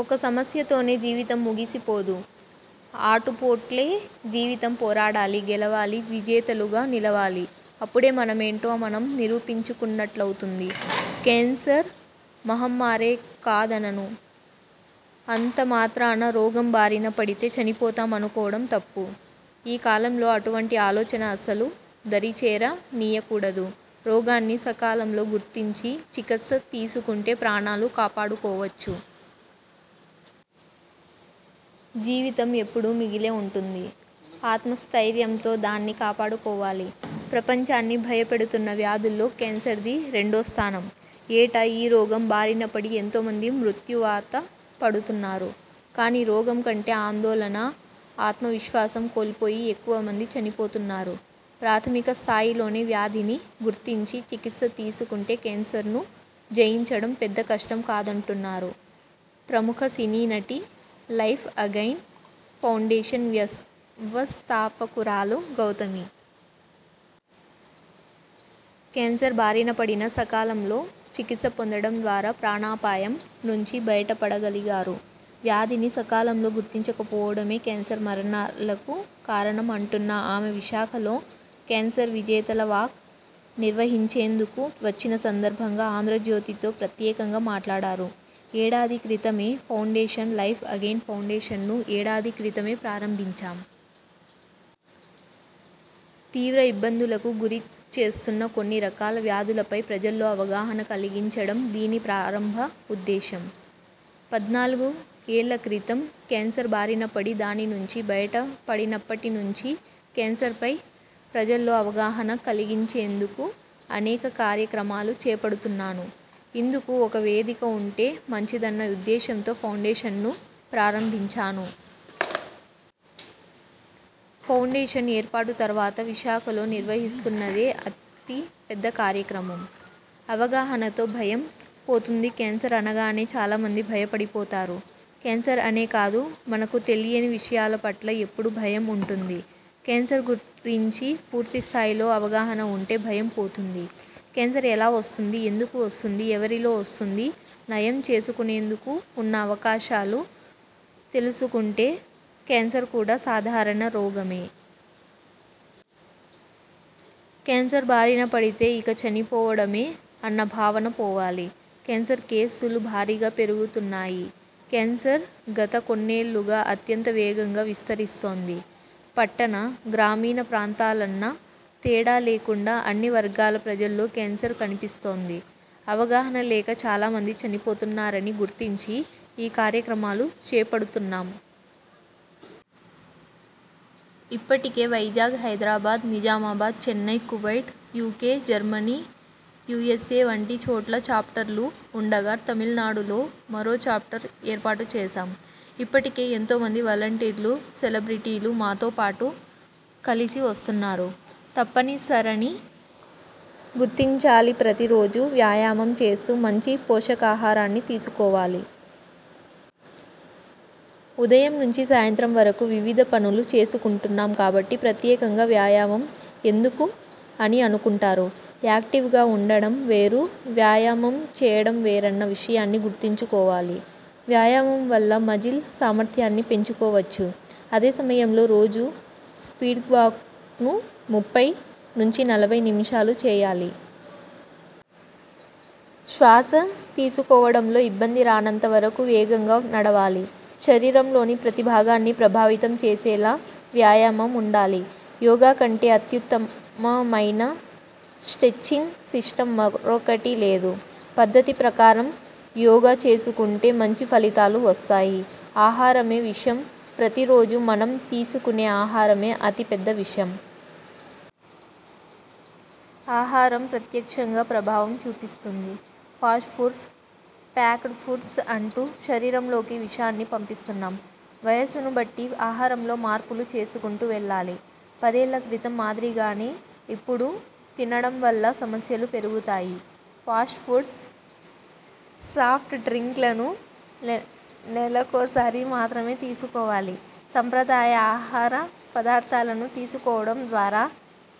ఒక్క సమస్యతోనే జీవితం ముగిసిపోదు. ఆటుపోట్లే జీవితం పోరాడాలి, గెలవాలి, విజేతలుగా నిలవాలి. అప్పుడే మనమేంటో మనం నిరూపించుకున్నట్లవుతుంది. కేన్సర్ మహమ్మారేకాదనను. అంతమాత్రాన రోగం బారిన పడితే చనిపోతాం అనుకోవడం తప్పు. ఈ కాలంలో అటువంటి ఆలోచన అస్సలు దరిచేర నీయకూడదు. రోగాన్ని సకాలంలో గుర్తించి చికిత్స తీసుకుంటే ప్రాణాలు కాపాడుకోవచ్చు. జీవితం ఎప్పుడూ మిగిలే ఉంటుంది. ఆత్మస్థైర్యంతో దాన్ని కాపాడుకోవాలి. ప్రపంచాన్ని భయపెడుతున్న వ్యాధుల్లో కేన్సర్ది రెండో స్థానం. ఏటా ఈ రోగం బారినపడి ఎంతోమంది మృత్యువాత పడుతున్నారు. కానీ రోగం కంటే ఆందోళన, ఆత్మవిశ్వాసం కోల్పోయి ఎక్కువ మంది చనిపోతున్నారు. ప్రాథమిక స్థాయిలోనే వ్యాధిని గుర్తించి చికిత్స తీసుకుంటే కేన్సర్ను జయించడం పెద్ద కష్టం కాదంటున్నారు ప్రముఖ సినీనటి, 'లైఫ్ అగైన్' ఫౌండేషన్ వ్యవస్థాపకురాలు గౌతమి. కేన్సర్ బారినపడినా సకాలంలో చికిత్స పొందడం ద్వారా ప్రాణాపాయం నుంచి బయటపడగలిగారు. వ్యాధిని సకాలంలో గుర్తించక పోవడమే కేన్సర్ మరణాలకు కారణం అంటున్న ఆమె విశాఖలో 'కేన్సర్ విజేతల వాక్' నిర్వహించేందుకు వచ్చిన సందర్భంగా 'ఆంధ్రజ్యోతి'తో ప్రత్యేకంగా మాట్లాడారు. ఏడాది క్రితమే ఫౌండేషన్'లైఫ్ అగైన్' ఫౌండేషన్ను ఏడాది క్రితమే ప్రారంభించాం. తీవ్ర ఇబ్బందులకు గురిచేస్తున్న కొన్ని రకాల వ్యాధులపై ప్రజల్లో అవగాహన కలిగించడం దీని ప్రారంభ ఉద్దేశం. పద్నాలుగు ఏళ్ల క్రితం కేన్సర్ బారిన పడి దాని నుంచి బయటపడినప్పటి నుంచి కేన్సర్పై ప్రజల్లో అవగాహన కలిగించేందుకు అనేక కార్యక్రమాలు చేపడుతున్నాను. ఇందుకు ఒక వేదిక ఉంటే మంచిదన్న ఉద్దేశంతో ఫౌండేషన్ను ప్రారంభించాను. ఫౌండేషన్ ఏర్పాటు తర్వాత విశాఖలో నిర్వహిస్తున్నదే అతి పెద్ద కార్యక్రమం. అవగాహనతో భయం పోతుందికేన్సర్ అనగానే చాలామంది భయపడిపోతారు. కేన్సర్ అనే కాదు మనకు తెలియని విషయాలపట్ల ఎప్పుడూ భయం ఉంటుంది. కేన్సర్ గురించి పూర్తి స్థాయిలో అవగాహన ఉంటే భయం పోతుంది. కేన్సర్ ఎలా వస్తుంది, ఎందుకు వస్తుంది, ఎవరిలో వస్తుంది, నయం చేసుకునేందుకు ఉన్న అవకాశాలు తెలుసుకుంటే కేన్సర్ కూడా సాధారణ రోగమే. కేన్సర్ బారిన పడితే ఇక చనిపోవడమే అన్న భావన పోవాలి. కేన్సర్ కేసులు భారీగా పెరుగుతున్నాయి కేన్సర్ గత కొన్నేళ్లుగా అత్యంత వేగంగా విస్తరిస్తోంది. పట్టణ, గ్రామీణ ప్రాంతాలన్న తేడా లేకుండా అన్ని వర్గాల ప్రజల్లో కేన్సర్ కనిపిస్తోంది. అవగాహన లేక చాలామంది చనిపోతున్నారని గుర్తించి ఈ కార్యక్రమాలు చేపడుతున్నాం. ఇప్పటికే Vizag, Hyderabad, Nizamabad, Chennai, Kuwait, UK, Germany, USA వంటి చోట్ల చాప్టర్లు ఉండగా, తమిళనాడులో మరో చాప్టర్ ఏర్పాటుచేశాం. ఇప్పటికే ఎంతోమంది వలంటీర్లు, సెలబ్రిటీలు మాతో పాటు కలిసి వస్తున్నారు. తప్పనిసరని గుర్తించాలిప్రతి రోజూ వ్యాయామం చేస్తూ మంచి పోషకాహారాన్ని తీసుకోవాలి. ఉదయం నుంచి సాయంత్రం వరకు వివిధ పనులు చేసుకుంటున్నాం కాబట్టి ప్రత్యేకంగా వ్యాయామం ఎందుకు అని అనుకుంటారు. యాక్టివ్గా ఉండడం వేరు, వ్యాయామం చేయడం వేరన్న విషయాన్ని గుర్తుంచుకోవాలి. వ్యాయామం వల్ల మజిల్ సామర్థ్యాన్ని పెంచుకోవచ్చు. అదే సమయంలో రోజూ స్పీడ్వాక్ను ముప్పై నుంచి నలభై నిమిషాలు చేయాలి. శ్వాసతీసుకోవడంలో ఇబ్బంది రానంత వరకు వేగంగా నడవాలి. శరీరంలోని ప్రతిభాగాన్ని ప్రభావితం చేసేలా వ్యాయామం ఉండాలి. యోగాకంటే అత్యుత్తమమైన స్టెచ్చింగ్ సిస్టమ్ మరొకటి లేదు. పద్ధతి ప్రకారం యోగా చేసుకుంటే మంచి ఫలితాలు వస్తాయి. ఆహారమే విషం ప్రతి రోజూ మనం తీసుకునే ఆహారమే అతి పెద్ద విషం. ఆహారం ప్రత్యక్షంగా ప్రభావం చూపిస్తుంది. ఫాస్ట్ఫుడ్స్, ప్యాక్డ్ ఫుడ్స్ అంటూ శరీరంలోకి విషాన్ని పంపిస్తున్నాం. వయసును బట్టి ఆహారంలో మార్పులు చేసుకుంటూ వెళ్లాలి. పదేళ్ల క్రితం మాదిరిగానే ఇప్పుడు తినడం వల్ల సమస్యలు పెరుగుతాయి. ఫాస్ట్ఫుడ్, సాఫ్ట్ డ్రింక్లను నెలకోసారి మాత్రమే తీసుకోవాలి. సంప్రదాయ ఆహార పదార్థాలను తీసుకోవడం ద్వారా